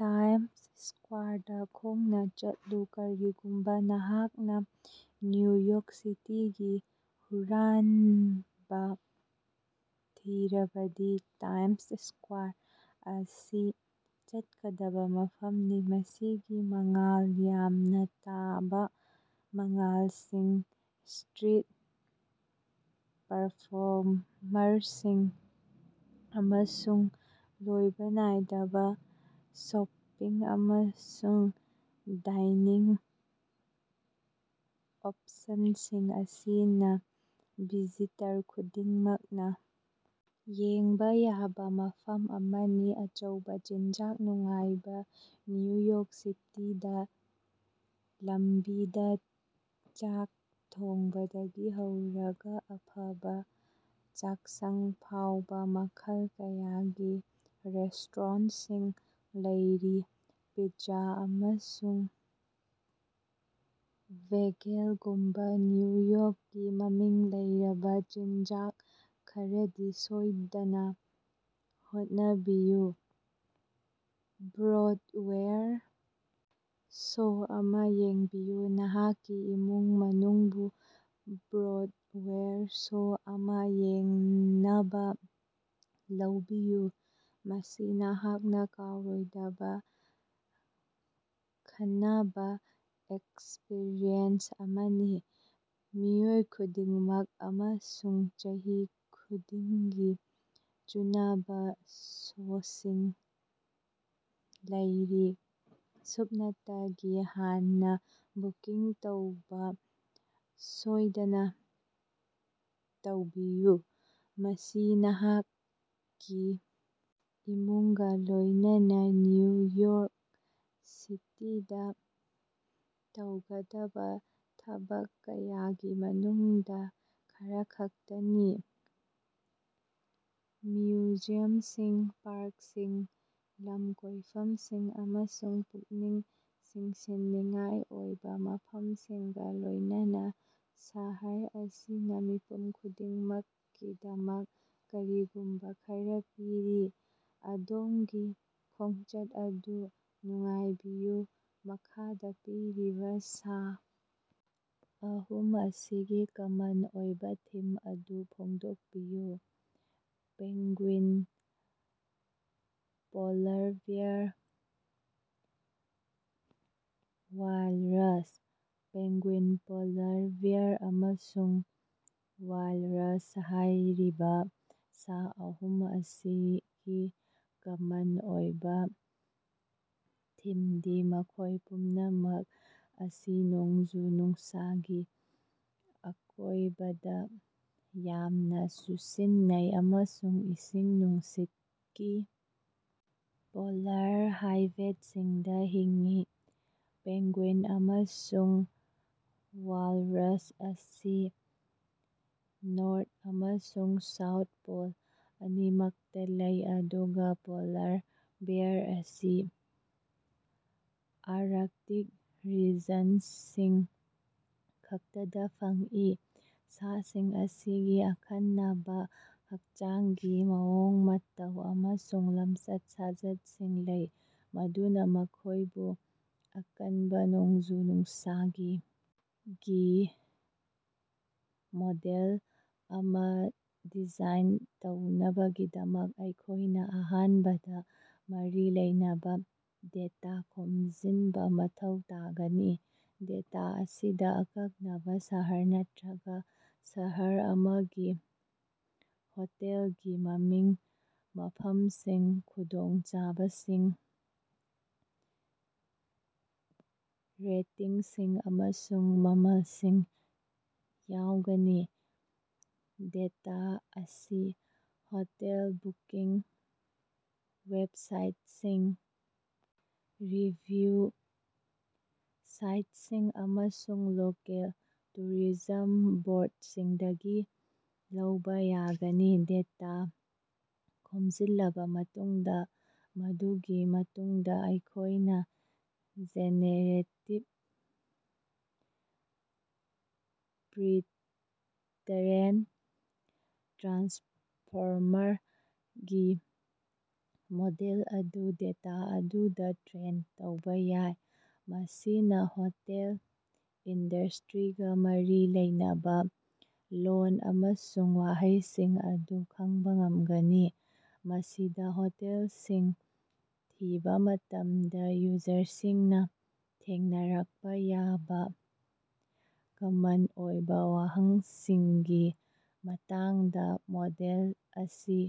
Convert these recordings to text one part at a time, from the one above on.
Times ꯁ꯭ꯀꯋꯥꯔꯗ ꯈꯣꯡꯅ ꯆꯠꯂꯨ꯫ ꯀꯔꯤꯒꯨꯝꯕ ꯅꯍꯥꯛꯅ ꯅ꯭ꯌꯨ ꯌꯣꯔꯛ ꯁꯤꯇꯤꯒꯤ ꯍꯨꯔꯥꯟꯕ ꯊꯤꯔꯕꯗꯤ ꯇꯥꯏꯝꯁ ꯁ꯭ꯀꯋꯥꯔ ꯑꯁꯤ ꯆꯠꯀꯗꯕ ꯃꯐꯝꯅꯤ꯫ ꯃꯁꯤꯒꯤ ꯃꯉꯥꯜ ꯌꯥꯝꯅ ꯇꯥꯕ ꯃꯉꯥꯜꯁꯤꯡ, ꯁ꯭ꯇꯔꯤꯠ ꯄꯔꯐꯣꯔꯃꯔꯁꯤꯡ ꯑꯃꯁꯨꯡ ꯂꯣꯏꯕ ꯅꯥꯏꯗꯕ ꯁꯣꯄꯤꯡ ꯑꯃꯁꯨꯡ ꯗꯥꯏꯅꯤꯡ ꯑꯣꯞꯁꯟꯁꯤꯡ ꯑꯁꯤꯅ ꯚꯤꯖꯤꯇꯔ ꯈꯨꯗꯤꯡꯃꯛꯅ ꯌꯦꯡꯕ ꯌꯥꯕ ꯃꯐꯝ ꯑꯃꯅꯤ꯫ ꯑꯆꯧꯕ ꯆꯤꯟꯖꯥꯛ ꯅꯨꯡꯉꯥꯏꯕ: ꯅ꯭ꯌꯨ ꯌꯣꯔꯛ ꯁꯤꯇꯤꯗ ꯂꯝꯕꯤꯗ ꯆꯥꯛ ꯊꯣꯡꯕꯗꯒꯤ ꯍꯧꯔꯒ ꯑꯐꯕ ꯆꯥꯛꯁꯪ ꯐꯥꯎꯕ ꯃꯈꯜ ꯀꯌꯥꯒꯤ ꯔꯦꯁ꯭ꯇꯣꯔꯦꯟꯠꯁꯤꯡ ꯂꯩꯔꯤ꯫ ꯄꯤꯖ꯭ꯖꯥ ꯑꯃꯁꯨꯡ ꯕꯦꯒꯦꯜꯒꯨꯝꯕ ꯅ꯭ꯌꯨ ꯌꯣꯔꯛꯀꯤ ꯃꯃꯤꯡ ꯂꯩꯔꯕ ꯆꯤꯟꯖꯥꯛ ꯈꯔꯗꯤ ꯁꯣꯏꯗꯅ ꯍꯣꯠꯅꯕꯤꯌꯨ꯫ ꯕ꯭ꯔꯣꯗꯋꯦꯌꯔ ꯁꯣ ꯑꯃ ꯌꯦꯡꯕꯤꯌꯨ: ꯅꯍꯥꯛꯀꯤ ꯏꯃꯨꯡ ꯃꯅꯨꯡꯕꯨ ꯕ꯭ꯔꯣꯗꯋꯦꯌꯔ ꯁꯣ ꯑꯃ ꯌꯦꯡꯅꯕ ꯂꯧꯕꯤꯌꯨ, ꯃꯁꯤ ꯅꯍꯥꯛꯅ ꯀꯥꯎꯔꯣꯏꯗꯕ ꯑꯈꯟꯅꯕ ꯑꯦꯛꯁꯄꯔꯤꯌꯦꯟꯁ ꯑꯃꯅꯤ꯫ ꯃꯤꯑꯣꯏ ꯈꯨꯗꯤꯡꯃꯛ ꯑꯃꯁꯨꯡ ꯆꯍꯤ ꯈꯨꯗꯤꯡꯒꯤ ꯆꯨꯅꯕ ꯁꯣꯁꯤꯡ ꯂꯩꯔꯤ, ꯁꯨꯞꯅꯇꯒꯤ ꯍꯥꯟꯅ ꯕꯨꯀꯤꯡ ꯇꯧꯕ ꯁꯣꯏꯗꯅ ꯇꯧꯕꯤꯌꯨ꯫ ꯃꯁꯤ ꯅꯍꯥꯛꯀꯤ ꯏꯃꯨꯡꯒ ꯂꯣꯏꯅꯅ ꯅ꯭ꯌꯨ ꯌꯣꯔꯛ ꯁꯤꯇꯤꯗ ꯇꯧꯒꯗꯕ ꯊꯕꯛ ꯀꯌꯥꯒꯤ ꯃꯅꯨꯡꯗ ꯈꯔꯈꯛꯇꯅꯤ꯫ ꯃ꯭ꯌꯨꯖꯤꯌꯝꯁꯤꯡ, ꯄꯥꯔꯛꯁꯤꯡ, ꯂꯝꯀꯣꯏꯐꯝꯁꯤꯡ ꯑꯃꯁꯨꯡ ꯄꯨꯛꯅꯤꯡ ꯆꯤꯡꯁꯤꯟꯅꯤꯡꯉꯥꯏ ꯑꯣꯏꯕ ꯃꯐꯝꯁꯤꯡꯒ ꯂꯣꯏꯅꯅ ꯁꯍꯔ ꯑꯁꯤꯅ ꯃꯤꯄꯨꯝ ꯈꯨꯗꯤꯡꯃꯛꯀꯤꯗꯃꯛ ꯀꯔꯤꯒꯨꯝꯕ ꯈꯔ ꯄꯤꯔꯤ꯫ ꯑꯗꯣꯝꯒꯤ ꯈꯣꯡꯆꯠ ꯑꯗꯨ ꯅꯨꯡꯉꯥꯏꯕꯤꯌꯨ꯫ ꯃꯈꯥꯗ ꯄꯤꯔꯤꯕ ꯁꯥ ꯑꯍꯨꯝ ꯑꯁꯤꯒꯤ ꯀꯃꯟ ꯑꯣꯏꯕ ꯊꯤꯝ ꯑꯗꯨ ꯐꯣꯡꯗꯣꯛꯄꯤꯌꯨ꯫ Penguin, polar bear, walrus. Penguin, polar bear ꯑꯃꯁꯨꯡ ꯋꯥꯂꯔꯁ ꯍꯥꯏꯔꯤꯕ ꯁꯥ ꯑꯍꯨꯝ ꯑꯁꯤꯒꯤ ꯀꯃꯟ ꯑꯣꯏꯕ ꯊꯤꯝꯗꯤ ꯃꯈꯣꯏ ꯄꯨꯝꯅꯃꯛ ꯑꯁꯤ ꯅꯣꯡꯖꯨ-ꯅꯨꯡꯁꯥꯒꯤ ꯑꯀꯣꯏꯕꯗ ꯌꯥꯝꯅ ꯆꯨꯁꯤꯟꯅꯩ ꯑꯃꯁꯨꯡ ꯏꯁꯤꯡ ꯅꯨꯡꯁꯤꯠꯀꯤ, ꯄꯣꯂꯥꯔ ꯍꯥꯏꯕꯦꯠꯁꯤꯡꯗ ꯍꯤꯡꯏ꯫ ꯄꯦꯡꯒꯨꯏꯟ ꯑꯃꯁꯨꯡ ꯋꯥꯜꯔꯁ ꯑꯁꯤ ꯅꯣꯔꯊ ꯑꯃꯁꯨꯡ ꯁꯥꯎꯊ ꯄꯣꯜ ꯑꯅꯤꯃꯛꯇ ꯂꯩ, ꯑꯗꯨꯒ ꯄꯣꯂꯥꯔ ꯕꯦꯌꯥꯔ ꯑꯁꯤ ꯑꯥꯔꯛꯇꯤꯛ ꯔꯤꯖꯟꯁꯤꯡ ꯈꯛꯇꯗ ꯐꯪꯏ꯫ ꯁꯥꯁꯤꯡ ꯑꯁꯤꯒꯤ ꯑꯈꯟꯅꯕ ꯍꯛꯆꯥꯡꯒꯤ ꯃꯑꯣꯡ-ꯃꯇꯧ ꯑꯃꯁꯨꯡ ꯂꯝꯆꯠ-ꯁꯥꯖꯠꯁꯤꯡ ꯂꯩ, ꯃꯗꯨꯅ ꯃꯈꯣꯏꯕꯨ ꯑꯀꯟꯕ, ꯅꯣꯡꯖꯨ-ꯅꯨꯡꯁꯥꯒꯤ ꯒꯤ ꯃꯣꯗꯦꯜ ꯑꯃ ꯗꯤꯖꯥꯏꯟ ꯇꯧꯅꯕꯒꯤꯗꯃꯛ ꯑꯩꯈꯣꯏꯅ ꯑꯍꯥꯟꯕꯗ ꯃꯔꯤ ꯂꯩꯅꯕ ꯗꯦꯇꯥ ꯈꯣꯝꯖꯤꯟꯕ ꯃꯊꯧ ꯇꯥꯒꯅꯤ꯫ ꯗꯦꯇꯥ ꯑꯁꯤꯗ ꯑꯀꯛꯅꯕ ꯁꯍꯔ ꯅꯠꯇ꯭ꯔꯒ ꯁꯍꯔ ꯑꯃꯒꯤ ꯍꯣꯇꯦꯜꯒꯤ ꯃꯃꯤꯡ, ꯃꯐꯝꯁꯤꯡ, ꯈꯨꯗꯣꯡꯆꯥꯕꯁꯤꯡ, ꯔꯦꯇꯤꯡꯁꯤꯡ, ꯑꯃꯁꯨꯡ ꯃꯃꯜꯁꯤꯡ ꯌꯥꯎꯒꯅꯤ꯫ ꯗꯦꯇꯥ ꯑꯁꯤ ꯍꯣꯇꯦꯜ ꯕꯨꯀꯤꯡ ꯋꯦꯕꯁꯥꯏꯠꯁꯤꯡ, ꯔꯤꯚꯤꯌꯨ ꯁꯥꯏꯠꯁꯤꯡ, ꯑꯃꯁꯨꯡ ꯂꯣꯀꯦꯜ ꯇꯨꯔꯤꯖꯝ ꯕꯣꯔꯗꯁꯤꯡꯗꯒꯤ ꯂꯧꯕ ꯌꯥꯒꯅꯤ꯫ ꯗꯦꯇꯥ ꯈꯣꯝꯖꯤꯜꯂꯕ ꯃꯇꯨꯡꯗ, ꯃꯗꯨꯒꯤ ꯃꯇꯨꯡꯗ ꯑꯩꯈꯣꯏꯅ ꯖꯦꯅꯦꯔꯦꯇꯤꯕ ꯄ꯭ꯔꯤ- ꯇ꯭ꯔꯦꯟ ꯇ꯭ꯔꯥꯟꯁꯐꯣꯔꯃꯔ ꯒꯤ ꯃꯣꯗꯦꯜ ꯑꯗꯨ ꯗꯦꯇꯥ ꯑꯗꯨꯗ ꯇ꯭ꯔꯦꯟ ꯇꯧꯕ ꯌꯥꯏ, ꯃꯁꯤꯅ ꯍꯣꯇꯦꯜ ꯏꯟꯗꯁꯇ꯭ꯔꯤꯒ ꯃꯔꯤ ꯂꯩꯅꯕ ꯂꯣꯜ ꯑꯃꯁꯨꯡ ꯋꯥꯍꯩꯁꯤꯡ ꯑꯗꯨ ꯈꯪꯕ ꯉꯝꯒꯅꯤ꯫ ꯃꯁꯤꯗ ꯍꯣꯇꯦꯜꯁꯤꯡ ꯊꯤꯕ ꯃꯇꯝꯗ ꯌꯨꯖꯔꯁꯤꯡꯅ ꯊꯦꯡꯅꯔꯛꯄ ꯌꯥꯕ ꯀꯃꯟ ꯑꯣꯏꯕ ꯋꯥꯍꯪꯁꯤꯡꯒꯤ ꯃꯇꯥꯡꯗ ꯃꯣꯗꯦꯜ ꯑꯁꯤ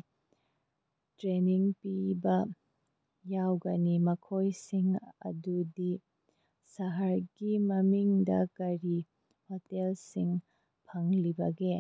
ꯇ꯭ꯔꯦꯅꯤꯡ ꯄꯤꯕ ꯌꯥꯎꯒꯅꯤ, ꯃꯈꯣꯏꯁꯤꯡ ꯑꯗꯨꯗꯤ: ꯁꯍꯔꯒꯤ ꯃꯃꯤꯡ ꯗ ꯀꯔꯤ ꯍꯣꯇꯦꯜꯁꯤꯡ ꯐꯪꯂꯤꯕꯒꯦ?